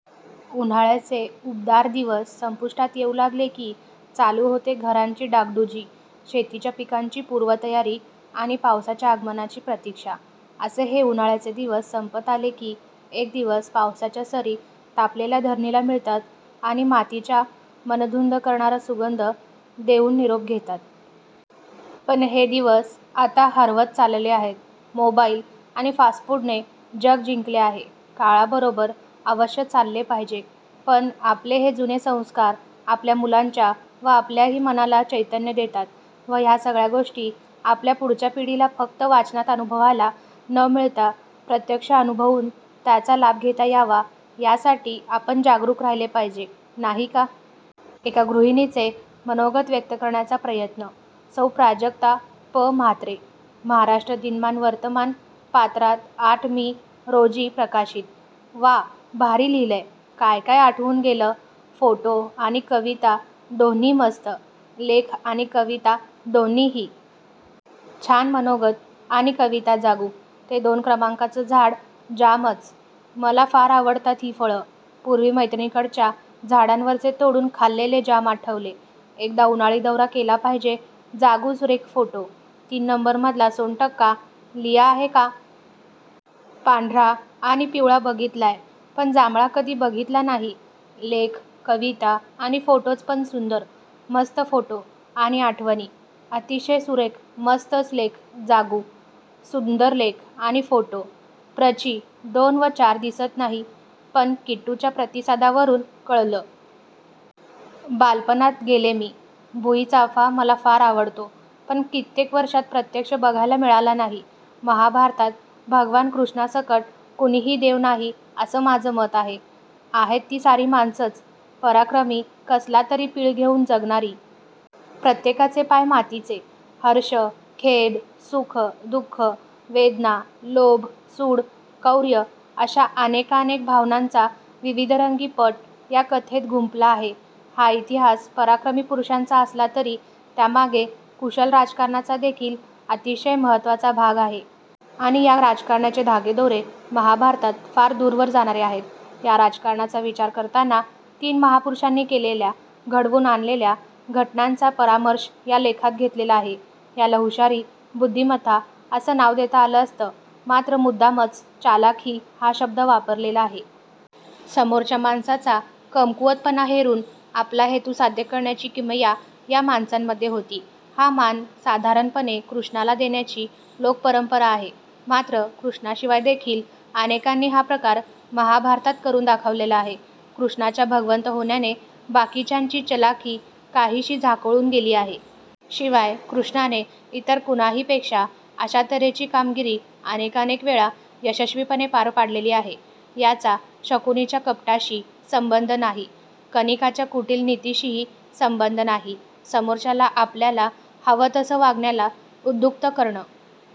उन्हाळ्याचे उबदार दिवस संपुष्टात येऊ लागले की चालू होते घरांची डागडुजी, शेतीच्या पिकांची पूर्वतयारी, आणि पावसाच्या आगमनाची प्रतीक्षा. असे हे उन्हाळ्याचे दिवस संपत आले की एक दिवस पावसाच्या सरी तापलेल्या धरणीला मिळतात आणि मातीच्या मन धुंद करणारा सुगंध देऊन निरोप घेतात. पण हे दिवस आता हरवत चालले आहेत. मोबाईल आणि फास्टफुडने जग जिंकले आहे. काळाबरोबर अवश्य चालले पाहिजे पण आपले हे जुने संस्कार आपल्या मुलांच्या व आपल्याही मनाला चैतन्य देतात व ह्या सगळ्या गोष्टी आपल्या पुढच्या पिढीला फक्त वाचनात अनुभवायला न मिळता प्रत्यक्ष अनुभवून त्याचा लाभ घेता यावा यासाठी आपण जागरूक राहिले पाहीजे नाही का? एका गृहीणीचे मनोगत व्यक्त करण्याचा प्रयत्न. सौ. प्राजक्ता प. म्हात्रे महाराष्ट्र दिनमान वर्तमान पात्रात आठ मी रोजी प्रकाशित. वा, भारी लिहिलंय. काय काय आठवून गेलं फोटो आणी कविता दोन्ही मस्त. लेख आणि कविता दोन्हीही! छान मनोगत आणि कविता जागू. ते दोन क्रमांकाचं झाड जामचं. मला फार आवडतात ही फळं. पुर्वी मैत्रीणींकडच्या झाडांवरचे तोडून खाल्लेले जाम आठवले. एकदा उन्हाळी दौरा केला पाहिजे. जागु सुरेख फोटो. तीन नंबर मधला सोनटक्का ोलिया आहे का? पांढरा आणि पिवळा बघितलाय पण जांभळा कधी बघितला नाही. लेख, कविता आणि फोटोज पण सुंदर. मस्त फोटो आणि आठवणी! अतिशय सुरेख मस्तच लेख जागु. सुंदर लेख आणि फोटो. प्रचि. दोन व चार दिसत नाही, पण किट्टुच्या प्रतिसादावरून कळलं. बापलपणात गेले मी. भुईचाफा मला फार आवडतो. पण कित्येक वर्षात प्रत्यक्ष बघायला मिळाला नाही. महाभारतात भगवान कृष्णासकट कुणीही देव नाही असं माझं मत आहे. आहेत ती सारी माणसंच. पराक्रमी, कसलातरी पीळ घेऊन जगणारी. प्रत्येकाचे पाय मातीचे. हर्ष, खेद, सुख, दुःख, वेदना, लोभ, सूड, कौर्य अशा अनेकानेक भावनांचा विविधरंगी पट या कथेत गुंफला आहे. हा इतिहास पराक्रमी पुरुषांचा असला तरी त्यामागे कुशल राजकारणाचा देखिल अतिशय महत्त्वाचा भाग आहे. आणि या राजकारणाचे धागेदोरे महाभारतात फार दुरवर जाणारे आहेत. या राजकारणाचा विचार करताना तीन महापुरुषांनी केलेल्या घडवुन आणलेल्या घटनांचा परामर्ष या लेखात घेतलेला आहे. याला हुशारी, बुद्धीमत्ता असं नाव देता आलं असतं. मात्र मुद्दामच चलाखी हा शब्द वापरलेला आहे. समोरच्या माणसाचा कमकुवतपणा हेरुन आपला हेतु साध्य करण्याची किमया या माणसांमध्ये होती. हा मान साधारणपणे कृष्णाला देण्याची लोकपरंपरा आहे. मात्र कृष्णाशिवाय देखिल अनेकांनी हा प्रकार महाभारतात करुन दाखवलेला आहे. कृष्णाच्या भगवंत होण्याने बाकीच्यांची चलाखी काहीशी झाकोळुन गेली आहे. शिवाय कृष्णाने इतर कुणाहीपेक्षा अशा तर्हेची कामगिरी अनेकानेक वेळा यशस्वीपणे पार पाडलेली आहे. याचा शकुनीच्या कपटाशी संबंध नाही. कणिकाच्या कुटील नीतीशीही संबंध नाही. समोरच्याला आपल्याला हवं तसं वागण्याला उद्युक्त करणं